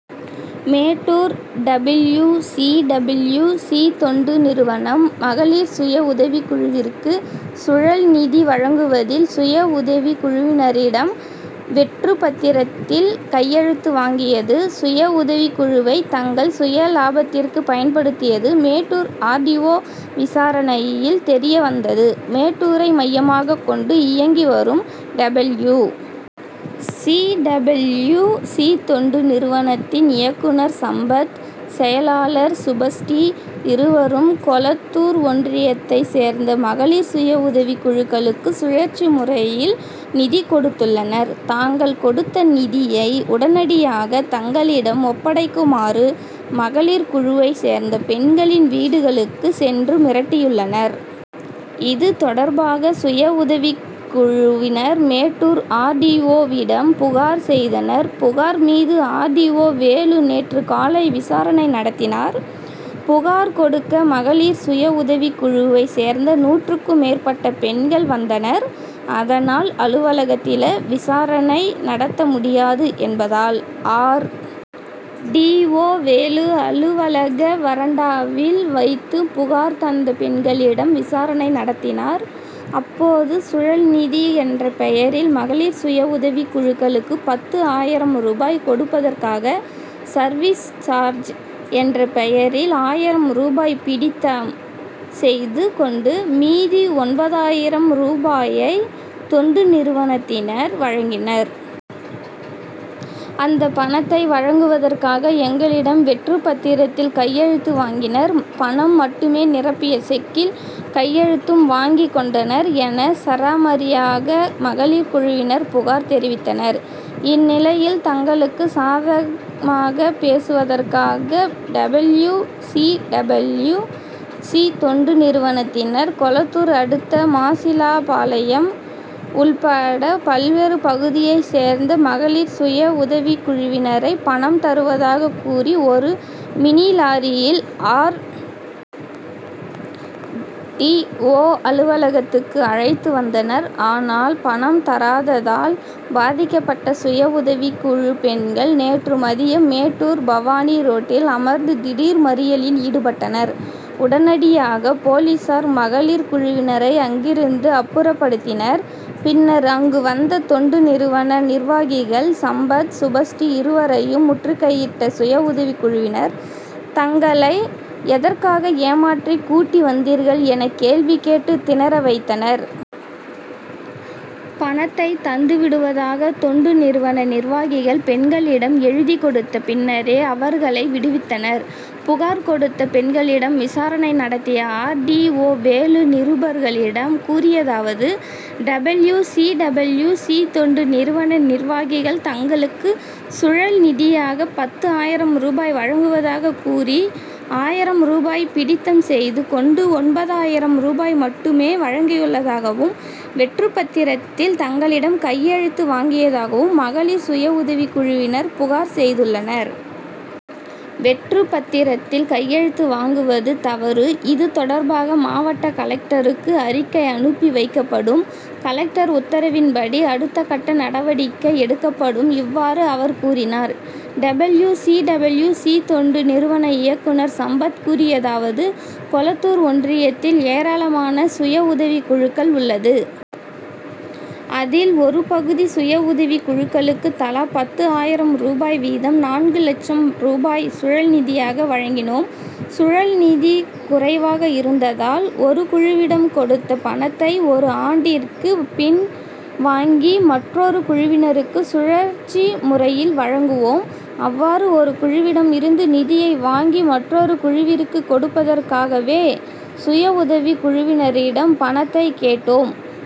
Mettur W. C. W. சி.தொண்டு நிறுவனம், மகளிர் சுய உதவி குழுவிற்கு சுழல்நிதி வழங்குவதில், சுய உதவி குழுவினரிடம் வெற்று பத்திரத்தில் கையெழுத்து வாங்கியது, சுயஉதவி குழுவை தங்கள் சுயலாபத்திற்கு பயன்படுத்தியது, மேட்டூர் ஆர். டி. ஓ.,விசாரணையில் தெரியவந்தது. மேட்டூரை மையமாக கொண்டு இயங்கி வரும் டபில்யூ. சி. டபில்யூ. சி. தொண்டு நிறுவனத்தின் இயக்குனர் சம்பத். செயலாளர் சுபஸ்ரீ. இருவரும் கொளத்தூர் ஒன்றியத்தை சேர்ந்த மகளிர் சுய உதவி குழுக்களுக்கு சுழற்சி முறையில் நிதி கொடுத்துள்ளனர். தாங்கள் கொடுத்த நிதியை உடனடியாக தங்களிடம் ஒப்படைக்குமாறு மகளிர் குழுவை சேர்ந்த பெண்களின் வீடுகளுக்கு சென்று மிரட்டியுள்ளனர். இதுதொடர்பாக சுயஉதவி குழுவினர் மேட்டூர் ஆர். டி. ஓ.விடம் புகார் செய்தனர். புகார் மீது ஆர். டி. ஓ. வேலு நேற்று காலை விசாரணை நடத்தினார். புகார் கொடுக்க மகளிர் சுய உதவி குழுவை சேர்ந்த நூற்றுக்கும் மேற்பட்ட பெண்கள் வந்ததனர். அதனால், அலுவலகத்தில விசாரணை நடத்த முடியாது என்பதால், ஆர். டி. ஓ.வேலு அ லுவலக வராண்டாவில் வைத்து புகார் தந்த பெண்களிடம் விசாரணை நடத்தினார். அப்போது, சுழல்நிதி என்ற பெயரில் மகளிர் சுய உதவி குழுக்களுக்கு, பத்து ஆயிரம் ரூபாய் கொடுப்பதற்காக, சர்வீஸ் சார்ஜ் என்ற பெயரில் ஆயிரம் ரூபாய் பிடித்தம் செய்து கொண்டு, மீதி ஒன்பதாயிரம் ரூபாயை தொண்டு நிறுவனத்தினர் வழங்கினர். அந்த பணத்தை வழங்குவதற்காக எங்களிடம் வெற்று பத்திரத்தில் கையெழுத்து வாங்கினர். பணம் மட்டுமே நிரப்பிய செக்கில் கையெழுத்தும் வாங்கி கொண்டனர்' என சரமாரியாக மகளிர் குழுவினர் புகார் தெரிவித்தனர். இந்நிலையில், தங்களுக்கு சாதமாக பேசுவதற்காக டபில்யூ. சி. டபில்யூ. சி.தொண்டு நிறுவனத்தினர், கொளத்தூர் அடுத்த மாசிலாபாளையம் உள்பட பல்வேறு பகுதியை சேர்ந்த மகளிர் சுய உதவி குழுவினரை, பணம் தருவதாக கூறி ஒரு மினி லாரியில் ஆர். டி. ஓ., அலுவலகத்துக்கு அழைத்து வந்தனர். ஆனால், பணம் தராததால் பாதிக்கப்பட்ட சுயஉதவி குழு பெண்கள் நேற்று மதியம் மேட்டூர்-பவானி ரோட்டில் அமர்ந்து திடீர் மறியலில் ஈடுபட்டனர். உடனடியாக போலீஸார், மகளிர் குழுவினரை அங்கிருந்து அப்புறப்படுத்தினர். பின்னர் அங்கு வந்த தொண்டு நிறுவன நிர்வாகிகள் சம்பத், சுபஸ்ரீ இருவரையும் முற்றுகையிட்ட சுய உதவி குழுவினர், தங்களை எதற்காக ஏமாற்றி கூட்டி வந்தீர்கள் என கேள்வி கேட்டு தினறவைத்தனர். பணத்தை தந்து விடுவதாக தொண்டு நிறுவன நிர்வாகிகள் பெண்களிடம் எழுதி கொடுத்த பின்னரே அவர்களை விடுவித்தனர். புகார் கொடுத்த பெண்களிடம் விசாரணை நடத்திய ஆர். டி. ஓ. வேலு நிருபர்களிடம் கூறியதாவது:டபில்யூ. C., W. சி. தொண்டு நிறுவன நிர்வாகிகள், தங்களுக்கு சுழல்நிதியாக பத்து ஆயிரம் ரூபாய் வழங்குவதாக கூறி ஆயிரம் ரூபாய் பிடித்தம் செய்து கொண்டு ஒன்பதாயிரம் ரூபாய் மட்டுமே வழங்கியுள்ளதாகவும், வெற்றுபத்திரத்தில் தங்களிடம் கையெழுத்து வாங்கியதாகவும் மகளிர் சுய உதவி குழுவினர் புகார் செய்துள்ளனர். வெற்று பத்திரத்தில் கையெழுத்து வாங்குவது தவறு. இதுதொடர்பாக மாவட்ட கலெக்டருக்கு அறிக்கை அனுப்பி வைக்கப்படும். கலெக்டர் உத்தரவின்படி அடுத்தகட்ட நடவடிக்கை எடுக்கப்படும்இவ்வாறு அவர் கூறினார். டபில்யூ. சி. டபில்யூ. சி. தொண்டு நிறுவன இயக்குனர் சம்பத் கூறியதாவது: கொளத்தூர் ஒன்றியத்தில் ஏராளமான சுய உதவி குழுக்கள் உள்ளது. அதில், ஒருபகுதி சுய உதவி குழுக்களுக்கு தலா பத்து ஆயிரம் ரூபாய் வீதம் நான்கு லட்சம் ரூபாய் சுழல்நிதியாக வழங்கினோம். சுழல்நிதி குறைவாக இருந்ததால், ஒரு குழுவிடம் கொடுத்த பணத்தை, ஒரு ஆண்டிற்கு பின் வாங்கி மற்றொரு குழுவினருக்கு சுழற்சி முறையில் வழங்குவோம். அவ்வாறு ஒரு குழுவிடம் இருந்து நிதியை வாங்கி மற்றொரு குழுவிற்கு கொடுப்பதற்காகவே, சுயஉதவி குழுவினரிடம் பணத்தை கேட்டோம்.